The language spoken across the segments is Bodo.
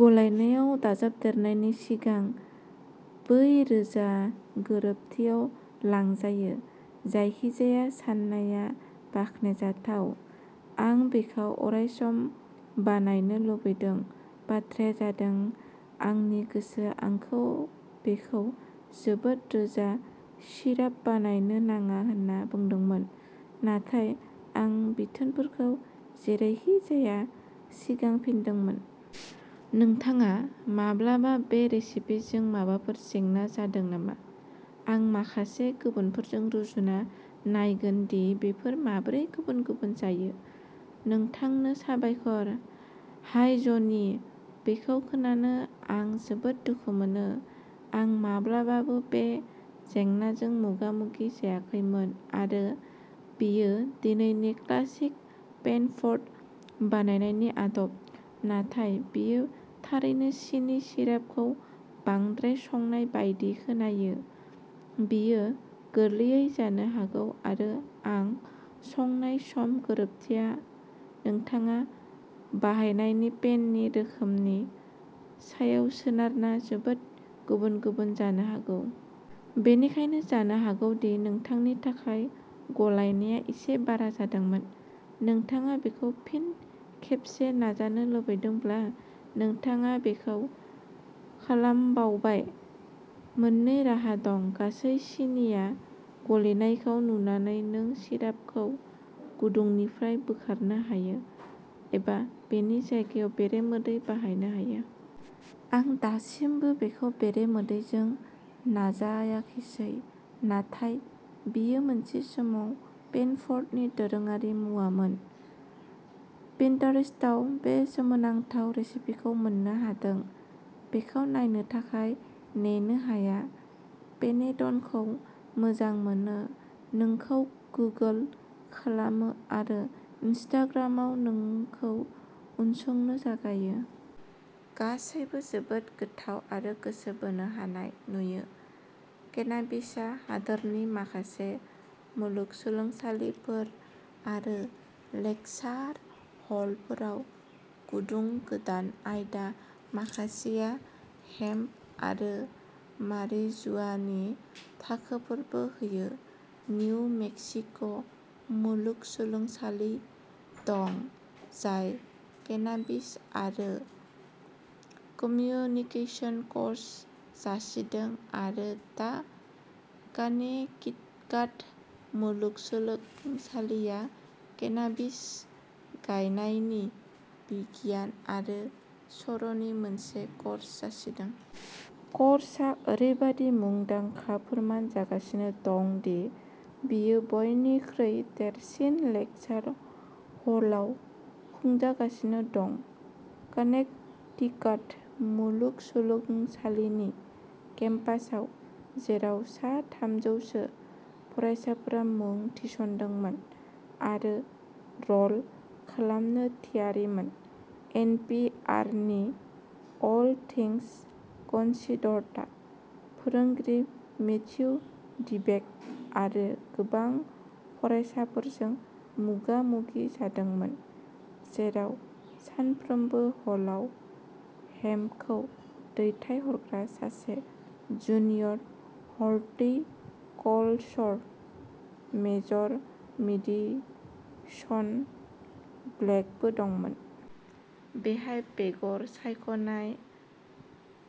गलायनायाव दाजाबदेरनायनि सिगां बै रोजा गोरोबथियाव लांजायो। जायखिजाया साननाया बाख्नायजाथाव। आं बेखौ अरायसम बानायनो लुबैदों। बाथ्राया जादों, आंनि गोसोआ आंखौ बेखौ जोबोद रोजा सिराप बानायनो नाङा होनना बुंदोंमोन, नाथाय आं बिथोनफोरखौ जेरैखिजाया सिगांफिनदोंमोन। नोंथाङा माब्लाबाबो बे रेसिपिजों माबाफोर जेंना जादों नामा? आं माखासे गुबुनफोरजों रुजुना नायगोन दि बेफोर माबोरै गुबुन गुबुन जायो। नोंथांनो साबायखर! हाय ज'नि, बेखौ खोनानो आं जोबोद दुखु मोनो। आं माब्लाबाबो बे जेंनाजों मोगा मोगि जायाखैमोन आरो बेयो दिनैनि क्लासिक पेनफर्ट बानायनायनि आदब, नाथाय बेयो थारैनो सिनि सिरापखौ बांद्राय संनाय बायदि खोनायो बेयो गोरलैयै जानो हागौ आरो आं संनाय सम गोरोबथिया नोंथाङा बाहायनाय पेननि रोखोमनि सायाव सोनारना जोबोद गुबुन गुबुन जानो हागौ। बेनिखायनो जानो हागौ दि नोंथांनि थाखाय गलायनाया एसे बारा जादोंमोन। नोंथाङा बेखौ फिन खेबसे नाजानो लुबैदोंब्ला, नोंथाङा बेखौ खालामबावबाय। मोननै राहा दं गासै सिनिआ गलिनायखौ नुनानै नों सिरापखौ गुदुंनिफ्राय बोखारनो हायो एबा बेनि जायगायाव बेरे मोदै बाहायनो हायो। आं दासिमबो बेखौ बेरे मोदैजों नाजाखिसै नाथाय बेयो मोनसे समाव पेनफर्टनि दोरोङारि मुवामोन। पिन्टारेस्टआव बे सोमोनांथाव रेसिपिखौ मोन्नो हादों, बेखौ नायनो थाखाय नेनो हाया पेनेट'नखौ मोजां मोनो, नोंखौ गुगल खालामो आरो इनस्टाग्रामआव नोंखौ उनसंनो जागायो। गासैबो जोबोद गोथाव आरो गोसो बोनो हानाय नुयो। केनाबिसआ हादोरनि माखासे मुलुगसोलोंसालिफोर आरो लेकसार हलफोराव गुदुं गोदान आयदा, माखासेआ हेम्प आरो मारिजुआनानि थाखोफोरबो होयो। निउ मेक्सिक' मुलुगसोलोंसालि दं, जाय केनाबिस आरो कम्युनिकेशंस' कर्स जासिदों आरो दा कानेक्टिकाट मुलुगसोलोंसालिया केनाबिस गायनायनि बिगियान आरो सर'नि मोनसे कर्स जासिदों। कर्सआ ओरैबादि मुंदांखा फोरमान जागासिनो दं दि बेयो बयनिख्रुइ देरसिन लेकसार हलाव खुंजागासिनो दं। कानेक्टिकाट मुलुगसोलोंसालिनि केम्पासआव, जेराव सा थामजौसो फरायसाफोरा मुं थिसनदोंमोन आरो रल खालामनो थियारिमोन। एन पि आर नि अल थिंस कन्सिडर्डआ फोरोंगिरि, मैथ्यू डिबेक' आरो गोबां फरायसाफोरजों मोगा मोगि जादोंमोन, जेराव सानफ्रोमबो ह'लाव हेम्पखौ दैथायहरग्रा सासे, जुनियर हर्टिकल्चर मेजर मेडिसन ब्लेकबो दंमोन। बिहाय बेगर सायख'नाय,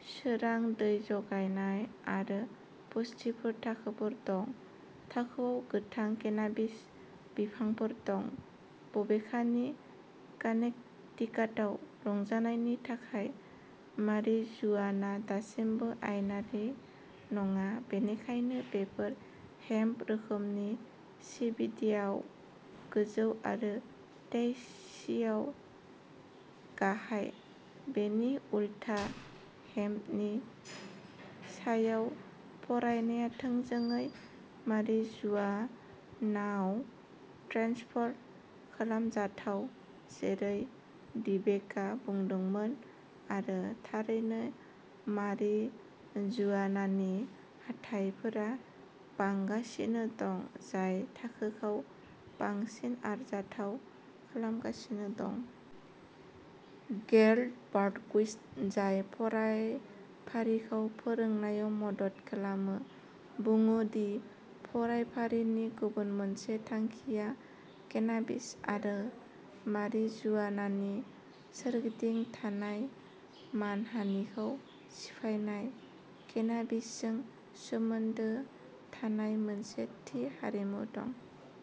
सोरां, दै जगायनाय आरो पुष्टिफोरनि थाखोफोर दं। थाखोयाव गोथां केनाबिस बिफांफोर दं। बबेखानि, कानेक्टिकाटआव रंजानायनि थाखाय मारिजुआना दासिमबो आयेनारि नङा, बेनिखायनो बेफोर हेम्प रोखोमनि सिबिडिआव गोजौ आरो टिएचसिआव गाहाय। बिनि उलथा, हेम्पनि सायाव फरायनाया थोंजोङै मारिजुआनाआव ट्रेन्सफार खालामजाथाव, जेरै डिबेक'आ बुंदोंमोन आरो थारैनो, मारिजुआनानि हाथाइफोरा बांगासिनो दं, जाय थाखोखौ बांसिन आरजाथाव खालामगासिनो दं। गेरल्ड बारक'विट्स, जाय फरायफारिखौ फोरोंनायाव मदद खालामो, बुङो दि फरायफारिनि गुबुन मोनसे थांखिया केनाबिस आरो मारिजुआनानि सोरगिदिं थानाय मानहानिखौ सिफायनाय। केनाबिसजों सोमोन्दो थानाय मोनसे थि हारिमु दं।